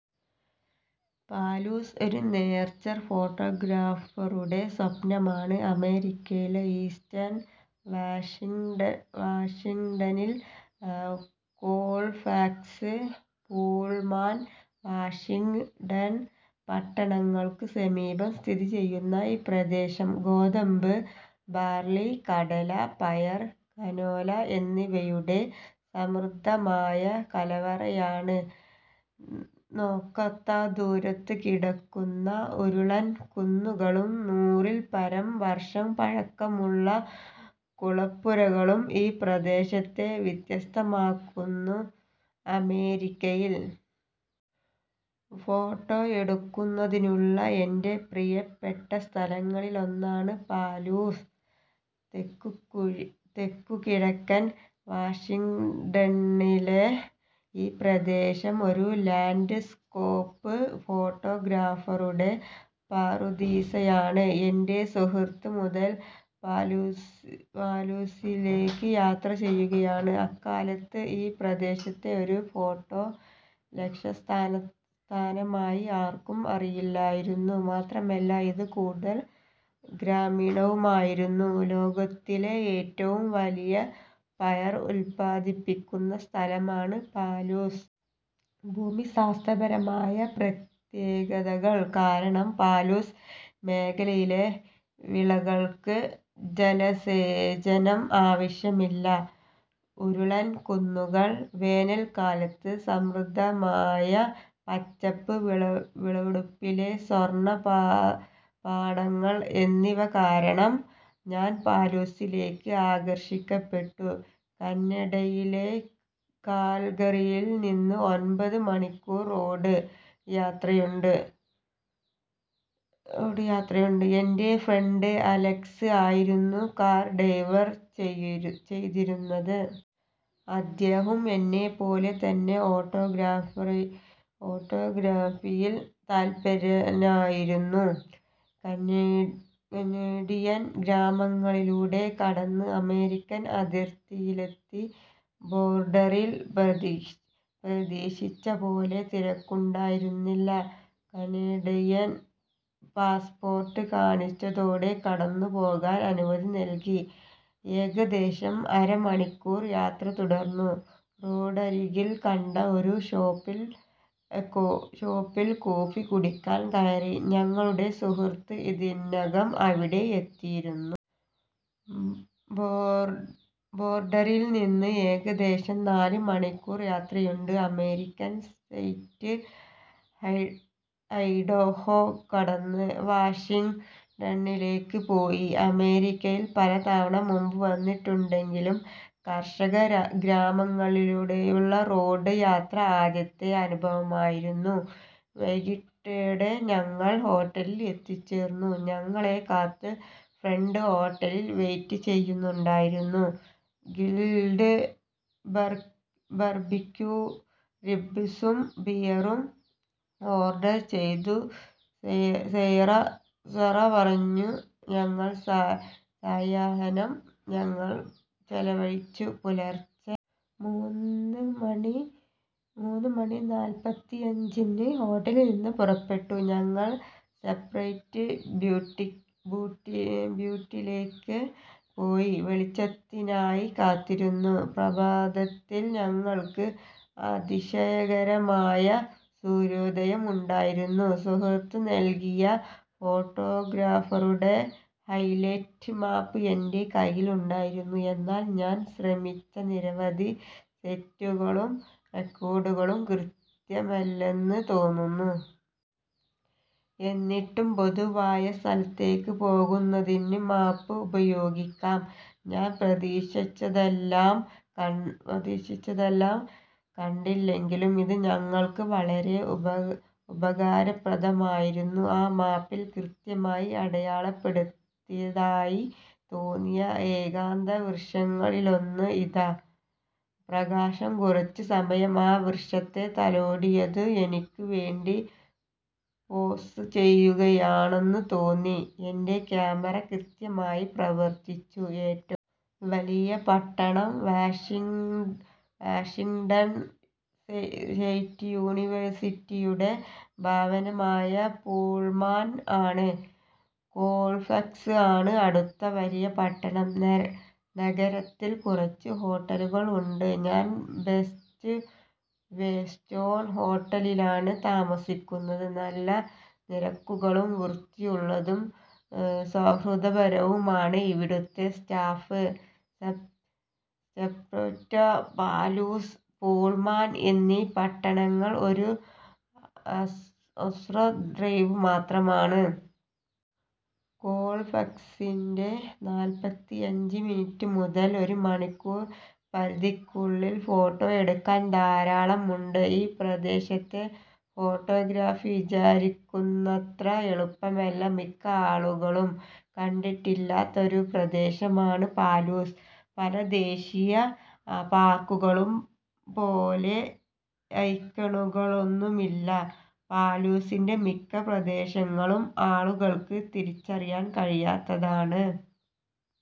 Palouse ഒരു nature ഫോട്ടോഗ്രാഫറുടെ സ്വപ്നമാണ്. അമേരിക്കയിലെ ഈസ്റ്റേൺ വാഷിംഗ്ടണിൽ കോൾഫാക്സ്, പുൾമാൻ വാഷിംഗ്ടൺ പട്ടണങ്ങൾക്ക് സമീപം സ്ഥിതിചെയ്യുന്ന ഈ പ്രദേശം ഗോതമ്പ്, ബാർലി, കടല, പയർ, കനോല എന്നിവയുടെ സമൃദ്ധമായ കലവറയാണ്. നോക്കെത്താ ദൂരത്തുകിടക്കുന്ന ഉരുളൻ കുന്നുകളും നൂറിൽപരം വർഷം പഴക്കമുള്ള കളപ്പുരകളും ഈ പ്രദേശത്തെ വ്യത്യസ്തമാക്കുന്നു. അമേരിക്കയിൽ ഫോട്ടോ എടുക്കുന്നതിനുള്ള എൻ്റെ പ്രിയപ്പെട്ട സ്ഥലങ്ങളിലൊന്നാണ് പാലൂസ്. തെക്കുകിഴക്കൻ വാഷിംഗ്ടണിലെ ഈ പ്രദേശം ഒരു ലാൻഡ്സ്കേപ്പ് ഫോട്ടോഗ്രാഫറുടെ പറുദീസയാണ്. എൻ്റെ സുഹൃത്ത് മുതൽ പാലൂസിലേക്ക് യാത്ര ചെയ്യുകയാണ്. അക്കാലത്ത് ഈ പ്രദേശത്തെ ഒരു ഫോട്ടോ ലക്ഷ്യസ്ഥാനമായി ആർക്കും അറിയില്ലായിരുന്നു. മാത്രമല്ല ഇത് കൂടുതൽ ഗ്രാമീണവുമായിരുന്നു. ലോകത്തിലെ ഏറ്റവും വലിയ പയർ ഉത്പാദിപ്പിക്കുന്ന സ്ഥലമാണ് പാലൂസ്. ഭൂമിശാസ്ത്രപരമായ പ്രത്യേകതകൾ കാരണം പാലൂസ് മേഖലയിലെ വിളകൾക്ക് ജലസേചനം ആവശ്യമില്ല. ഉരുളൻ കുന്നുകൾ വേനൽക്കാലത്ത് സമൃദ്ധമായ പച്ചപ്പ് വിളവെടുപ്പിലെ സ്വർണ പാടങ്ങൾ എന്നിവ കാരണം ഞാൻ പാലൂസിലേക്ക് ആകർഷിക്കപ്പെട്ടു. കാനഡയിലെ കാൽഗറിയിൽ നിന്ന് ഒമ്പത് മണിക്കൂർ റോഡ് യാത്രയുണ്ട്. എൻ്റെ ഫ്രണ്ട് അലക്സ് ആയിരുന്നു കാർ ഡ്രൈവ് ചെയ്തിരുന്നത്. അദ്ദേഹവും എന്നെപ്പോലെ തന്നെ ഫോട്ടോഗ്രാഫിയിൽ തൽപരനായിരുന്നു. കനേഡിയൻ ഗ്രാമങ്ങളിലൂടെ കടന്ന് അമേരിക്കൻ അതിർത്തിയിലെത്തി. ബോർഡറിൽ പ്രതീക്ഷിച്ചപോലെ തിരക്കുണ്ടായിരുന്നില്ല. കനേഡിയൻ പാസ്പോർട്ട് കാണിച്ചതോടെ കടന്നുപോകാൻ അനുമതി നൽകി. ഏകദേശം അര മണിക്കൂർ യാത്ര തുടർന്നു. റോഡരികിൽ കണ്ട ഒരു ഷോപ്പിൽ കോഫി കുടിക്കാൻ കയറി. ഞങ്ങളുടെ സുഹൃത്ത് ഇതിനകം അവിടെ എത്തിയിരുന്നു. ബോർഡറിൽ നിന്ന് ഏകദേശം നാല് മണിക്കൂർ യാത്രയുണ്ട്. അമേരിക്കൻ സ്റ്റേറ്റ് ഐഡഹോ കടന്ന് വാഷിംഗ്ടണിലേക്ക് പോയി. അമേരിക്കയിൽ പലതവണ മുമ്പ് വന്നിട്ടുണ്ടെങ്കിലും കർഷക ഗ്രാമങ്ങളിലൂടെയുള്ള റോഡ് യാത്ര ആദ്യത്തെ അനുഭവമായിരുന്നു. വൈകിട്ടോടെ ഞങ്ങൾ ഹോട്ടലിൽ എത്തിച്ചേർന്നു. ഞങ്ങളെ കാത്ത് ഫ്രണ്ട് ഹോട്ടലിൽ വെയിറ്റ് ചെയ്യുന്നുണ്ടായിരുന്നു. ഗ്രിൽഡ് ബാർബിക്യു റിബ്സും ബിയറും ഓർഡർ ചെയ്ത് സൊറ പറഞ്ഞ് ആ സായാഹ്നം ഞങ്ങൾ ചെലവഴിച്ചു. പുലർച്ചെ മൂന്ന് മണി നാൽപ്പത്തിയഞ്ചിന് ഹോട്ടലിൽ നിന്ന് പുറപ്പെട്ട് ഞങ്ങൾ സ്റ്റെപ്റ്റോ ബ്യൂട്ടിലേക്ക് പോയി വെളിച്ചത്തിനായി കാത്തിരുന്നു. പ്രഭാതത്തിൽ ഞങ്ങൾക്ക് അതിശയകരമായ സൂര്യോദയം ഉണ്ടായിരുന്നു. സുഹൃത്ത് നൽകിയ ഫോട്ടോഗ്രാഫറുടെ ഹൈലൈറ്റ് മാപ്പ് എൻ്റെ കയ്യിൽ ഉണ്ടായിരുന്നു. എന്നാൽ ഞാൻ ശ്രമിച്ച നിരവധി സൈറ്റുകളും റോഡുകളും കൃത്യമല്ലെന്ന് തോന്നുന്നു. എന്നിട്ടും പൊതുവായ സ്ഥലത്തേക്ക് പോകുന്നതിന് മാപ്പ് ഉപയോഗിക്കാം. ഞാൻ പ്രതീക്ഷിച്ചതെല്ലാം കണ്ടില്ലെങ്കിലും ഇത് ഞങ്ങൾക്ക് വളരെ ഉപകാരപ്രദമായിരുന്നു.ആ മാപ്പിൽ കൃത്യമായി അടയാളപ്പെടുത്തിയതായി തോന്നിയ ഏകാന്ത വൃക്ഷങ്ങളിലൊന്ന് ഇതാ. പ്രകാശം കുറച്ചുസമയം ആ വൃക്ഷത്തെ തലോടിയതു എനിക്ക് വേണ്ടി പോസ് ചെയ്യുകയാണെന്ന് തോന്നി. എൻ്റെ ക്യാമറ കൃത്യമായി പ്രവർത്തിച്ചു. ഏറ്റവും വലിയ പട്ടണം വാഷിംഗ്ടൺ സ്റ്റേറ്റ് യൂണിവേഴ്സിറ്റിയുടെ ഭവനമായ പുൾമാൻ ആണ്. കോൾഫാക്സ് ആണ് അടുത്ത വലിയ പട്ടണം. നഗരത്തിൽ കുറച്ച് ഹോട്ടലുകൾ ഉണ്ട്. ഞാൻ ബെസ്റ്റ് വെസ്റ്റേൺ ഹോട്ടലിലാണ് താമസിക്കുന്നത്. നല്ല നിരക്കുകളും വൃത്തിയുള്ളതും സൗഹൃദപരവുമാണ് ഇവിടുത്തെ സ്റ്റാഫ്സ്. സ്റ്റെപ്റ്റോ, പാലൂസ്, പുൾമാൻ എന്നീ പട്ടണങ്ങൾ ഒരു ഹ്രസ്വ ഡ്രൈവ് മാത്രമാണ്. കോൾഫാക്സിൻ്റെ നാൽപ്പത്തിയഞ്ച് മിനിറ്റ് മുതൽ ഒരു മണിക്കൂർ പരിധിക്കുള്ളിൽ ഫോട്ടോ എടുക്കാൻ ധാരാളം ഉണ്ട്.ഈ പ്രദേശത്തെ ഫോട്ടോഗ്രാഫി വിചാരിക്കുന്നത്ര എളുപ്പമല്ല. മിക്ക ആളുകളും കണ്ടിട്ടില്ലാത്ത ഒരു പ്രദേശമാണ് പാലൂസ്. പല ദേശീയ പാർക്കുകളും പോലെ ഐക്കണുകളൊന്നുമില്ല. പാലൂസിലെ മിക്ക പ്രദേശങ്ങളും ആളുകൾക്ക് തിരിച്ചറിയാൻ കഴിയാത്തതാണ്.